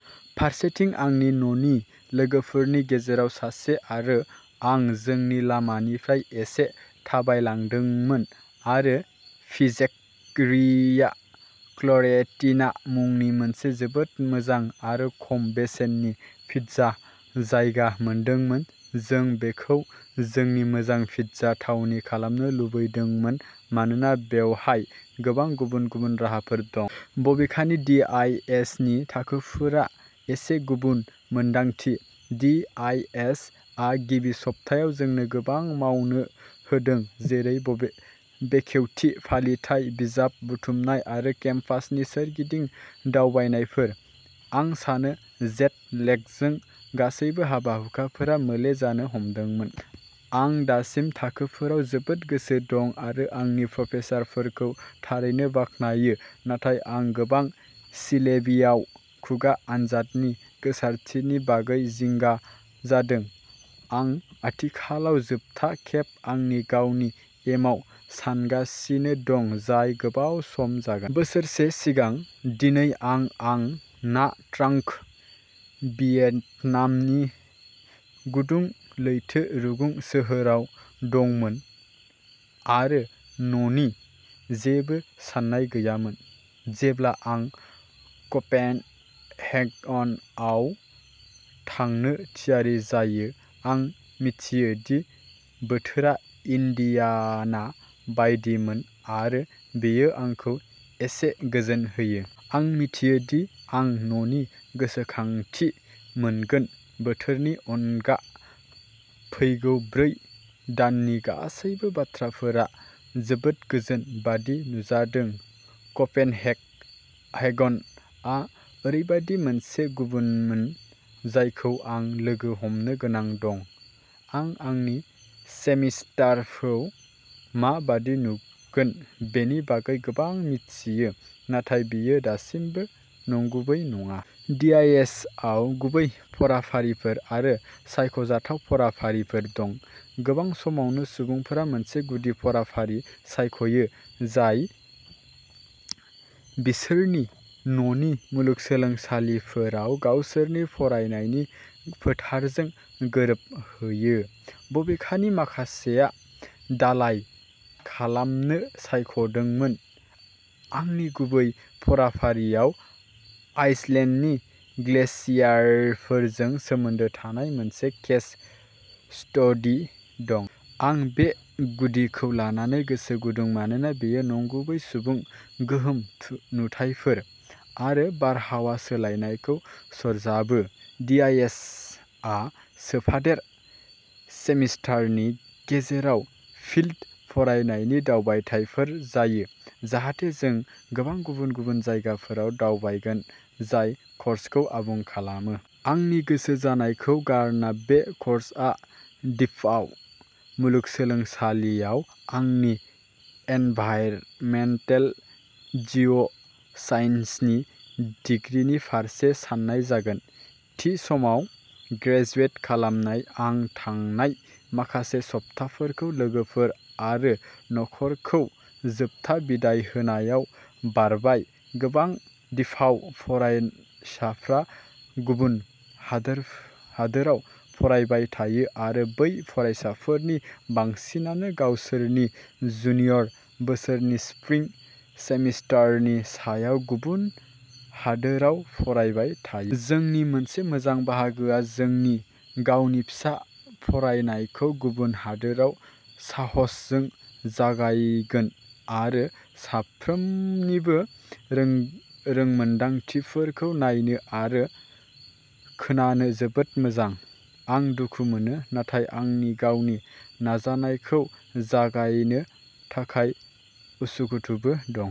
फारसेथिं, आंनि न'नि लोगोफोरनि गेजेराव सासे आरो आं जोंनि लामानिफ्राय एसे थाबायलांदोंमोन आरो पिज्जेरिया फ्ल'रेन्टिना मुंनि मोनसे जोबोद मोजां आरो खम बेसेननि पिज्जा जायगा मोनदोंमोन। जों बेखौ जोंनि मोजां पिज्जा थावनि खालामनो लुबैदों मानोना बेवहाय गोबां गुबुन गुबुन राहाफोर दं। बबेखानि, डि आइ एस नि थाखोफोरा एसे गुबुन मोन्दांथि। डि आइ एस आ गिबि सप्तायाव जोंनो गोबां मावनो होदों जेरै बेखेवथि फालिथाइ, बिजाब बुथुमनाय आरो केम्पासनि सोरगिदिं दावबायनायफोर। आं सानो जेट लेगजों गासैबो हाबा-हुखाफोरा मोले जानो हमदोंमोन। आं दासिम आंनि थाखोफोराव जोबोद गोसो दं आरो आंनि प्रफेसारफोरखौ थारैनो बाख्नायो नाथाय आं गोबां सिलेबियाव खुगा आनजादनि गोसारथिनि बागै जिंगा जादों। आं आथिखालाव जोबथा खेब आंनि गावनि एमाव सानगासिनो दं, जाय गोबाव सम जागोन। बोसोरसे सिगां दिनै आं आं ना ट्रांग, भियेटनामनि गुदुं लैथो रुगुं सोहोराव दंमोन आरो न'नि जेबो साननाय गैयामोन। जेब्ला आं क'पेनहेगनआव थांनो थियारि जायो, आं मिथियो दि बोथोरा इन्डियाना बायदिमोन आरो बेयो आंखौ एसे गोजोन होयो। आं मिथियो दि आं न'नि गोसोखांथि मोनगोन। बोथोरनि अनगा, फैगौ ब्रै दाननि गासैबो बाथ्राफोरा जोबोद गोजान बायदि नुजादों। क'पेनहेगनआ ओरैबायदि सासे गुबुनमोन जायखौ आं लोगो हमनो गोनां दं। आं आंनि सेमिस्टारखौ मा बायदि नुगोन बेनि बागै गोबां मिथियो, नाथाय बेयो दासिमबो नंगुबै नङा। डि आइ एस आव गुबै फरायफारिफोर आरो सायख'जाथाव फरायफारिफोर दं। गोबां समावनो सुबुंफोरा मोनसे गुदि फरायफारि सायख'यो जाय बिसोरनि न'नि मुलुगसोलोंसालिफोराव गावसोरनि फरायनायनि फोथारजों गोरोबहोयो। बबेखानि, माखासेया दालाइ खालामनो सायख'दोंमोन। आंनि गुबै फरायफारिआव आइसलेन्डनि ग्लेशियारफोरजों सोमोन्दो थानाय मोनसे केस स्टडि दं। आं बे गुदिखौ लानानै गोसो गुदुं मानोना बेयो नंगुबै सुबुं गोहोम नुथायफोर आरो बारहावा सोलायनायखौ सरजाबो। डि आइ एस आ सोफादेरो। सेमिस्टारनि गेजेराव फिल्ड फरायनायनि दावबायथायफोर जायो, जाहाथे जों गोबां गुबुन-गुबुन जायगाफोराव दावबायगोन जाय कर्सखौ आबुं खालामो। आंनि गोसो जानायखौ गारना, बे कर्सआ डिपाउ मुलुगसोलोंसालियाव आंनि एनभाइरनमेन्टेल जिअ साइन्सनि दिग्रिनि फारसे साननाय जागोन। थि समाव ग्रेजुवेट खालामनाय आं थांनाय माखासे सप्ताफोरखौ लोगोफोर आरो नखरखौ जोबथा बिदाइ होनायाव बारबाय। गोबां डिपाउ फरायसाफ्रा गुबुन हादोराव फरायबाय थायो आरो बै फरायसाफोरनि बांसिनानो गावसोरनि जुनियर बोसोरनि स्प्रिं सेमिस्टारनि समाव गुबुन हादोराव फरायबाय थायो। जोंनि मोनसे मोजां बाहागोआ जोंनि गावनि फिसा फरायनायखौ गुबुन हादोराव साहसजों जागायगोन आरो साफ्रोमनिबो रोंमोनदांथिफोरखौ नायनो आरो खोनानो जोबोद मोजां। आं दुखु मोनो, नाथाय आंनि गावनि नाजानायखौ जागायनो थाखाय उसुखुथुबो दं।